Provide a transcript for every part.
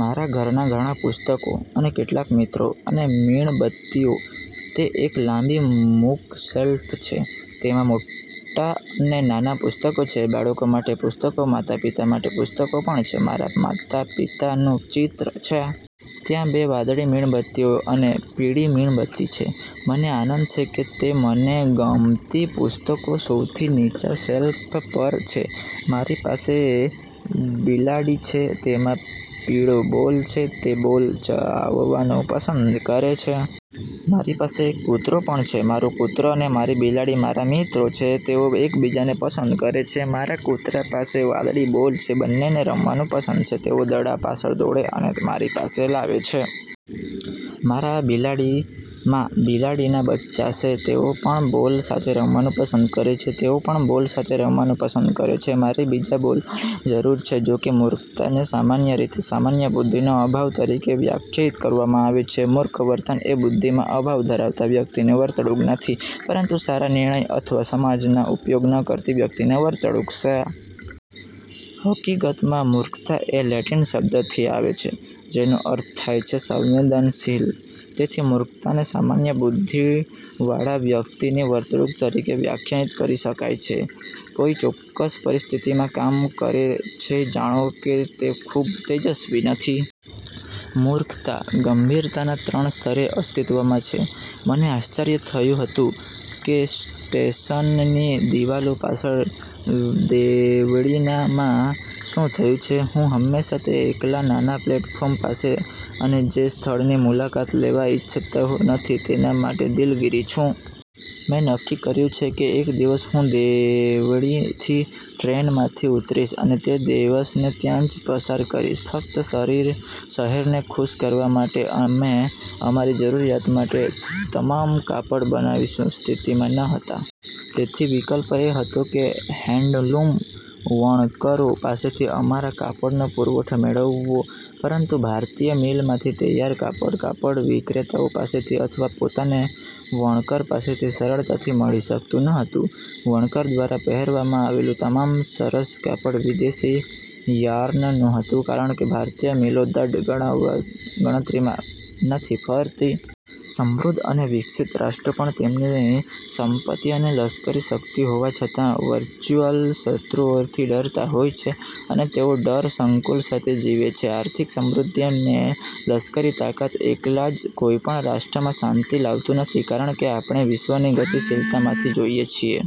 મારા ઘરના ઘણા પુસ્તકો અને કેટલાક ચિત્રો અને મીણબત્તીઓ. તે એક લાંબી બુકશેલ્ફ છે. તેમાં મોટા અને નાના પુસ્તકો છે. બાળકો માટે પુસ્તકો અને માતાપિતા માટે પુસ્તકો પણ છે. મારા માતા અને પિતાનું ચિત્ર છે. ત્યાં બે વાદળી મીણબત્તીઓ અને પીળી મીણબત્તી છે. મને આનંદ છે કે મને ગમતી પુસ્તકો સૌથી નીચા શેલ્ફ પર છે. મારી પાસે બિલાડી છે. તેમાં પીળો બોલ છે. તે બોલ ચાવવાનું પસંદ કરે છે. મારી પાસે એક કૂતરો પણ છે. મારો કૂતરો અને મારી બિલાડી સારા મિત્રો છે. તેઓ એકબીજાને પસંદ કરે છે. મારા કૂતરા પાસે વાદળી બોલ છે. બંનેને રમવાનું પસંદ છે. તેઓ દડા પાછળ દોડે છે અને મારી પાસે લાવે છે. મારી બિલાડીમાં બિલાડીના બચ્ચાં છે. તેઓ પણ બોલ સાથે રમવાનું પસંદ કરે છે. તેઓ પણ બોલ સાથે રમવાનું પસંદ કરે છે. મારે બીજા બોલની જરૂર છે. જોકે મૂર્ખતાને સામાન્ય રીતે 'સામાન્ય બુદ્ધિનો અભાવ' તરીકે વ્યાખ્યાયિત કરવામાં આવે છે, મૂર્ખ વર્તન એ બુદ્ધિમાં અભાવ ધરાવતા વ્યક્તિની વર્તણૂક નથી, પરંતુ સારા નિર્ણય અથવા સમજનો ઉપયોગ ન કરતી વ્યક્તિની વર્તણૂક છે. હકીકતમાં, મૂર્ખતા એ લેટિન શબ્દથી આવે છે જેનો અર્થ થાય છે 'સંવેદનહીન'. તેથી, મૂર્ખતાને સામાન્ય બુદ્ધિવાળા વ્યક્તિની વર્તણૂક તરીકે વ્યાખ્યાયિત કરી શકાય છે જે કોઈ ચોક્કસ પરિસ્થિતિમાં કામ કરે છે જાણે કે તે ખૂબ તેજસ્વી નથી. મૂર્ખતા ગંભીરતાના ત્રણ સ્તરે અસ્તિત્વમાં છે. મને આશ્ચર્ય થતું હતું કે સ્ટેશનની દિવાલો પાછળ દેવળીમાં શું થયું છે. હું હંમેશાં તે એકલા નાના પ્લેટફોર્મ માટે, અને જે સ્થળની મુલાકાત લેવા ઇચ્છતો નથી તેના માટે દિલગીર છું. મેં નક્કી કર્યું છે કે એક દિવસ હું દેવળીથી ટ્રેનમાંથી ઉતરીશ, અને તે દિવસને ત્યાં જ પસાર કરીશ, ફક્ત શહેરને ખુશ કરવા માટે. અમે અમારી જરૂરિયાતો માટે તમામ કાપડ બનાવવાની સ્થિતિમાં ન હતા. તેથી વિકલ્પ એ હતો કે હેન્ડલૂમ વણકરો પાસેથી અમારા કાપડનો પુરવઠો મેળવવો. પરંતુ ભારતીય મિલમાંથી તૈયાર કાપડ કાપડ વિક્રેતાઓ પાસેથી અથવા પોતાને વણકર પાસેથી સરળતાથી મળી શકતું ન હતું. વણકર દ્વારા પહેરવામાં આવેલું તમામ સરસ કાપડ વિદેશી યાર્નનું હતું, કારણ કે ભારતીય મિલો દંડ ગણતરીમાં નથી ફરતી. સમૃદ્ધ અને વિકસિત રાષ્ટ્રો પણ, તેમની સંપત્તિ અને લશ્કરી શક્તિ હોવા છતાં, વર્ચુઅલ શત્રુઓથી ડરતા હોય છે અને તેઓ ડર સંકુલ સાથે જીવે છે. આર્થિક સમૃદ્ધિ અને લશ્કરી તાકાત, એકલા જ કોઈપણ રાષ્ટ્રમાં શાંતિ લાવતું નથી, કારણ કે આપણે વિશ્વની ગતિશીલતામાંથી જોઈએ છીએ.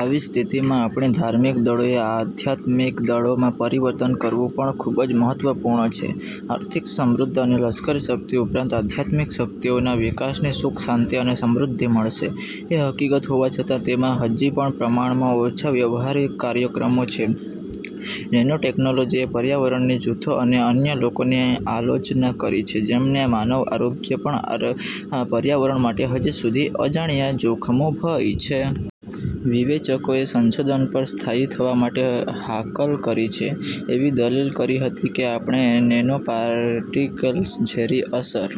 આવી સ્થિતિમાં આપણી ધાર્મિક દળોને આધ્યાત્મિક દળોમાં પરિવર્તન કરવું પણ ખૂબ જ મહત્વપૂર્ણ છે. આર્થિક સમૃદ્ધિ અને લશ્કરી શક્તિ ઉપરાંત આધ્યાત્મિક શક્તિઓના વિકાસથી સુખ, શાંતિ અને સમૃદ્ધિ મળશે. એ હકીકત હોવા છતાં કે તેમાં હજી પણ પ્રમાણમાં ઓછા વ્યવસાયિક કાર્યક્રમો છે, નેનો ટેકનોલોજીએ પર્યાવરણીય જૂથો અને અન્ય લોકોની આલોચના કરી છે જેમને માનવ આરોગ્ય અને પર્યાવરણ માટે હજી સુધી અજાણ્યા જોખમોનો ભય છે. વિવેચકોએ સંશોધન પર સ્થાયી થવા માટે હાકલ કરી છે, એવી દલીલ કરી હતી કે આપણે નેનોપાર્ટિકલ્સના ઝેરી અસર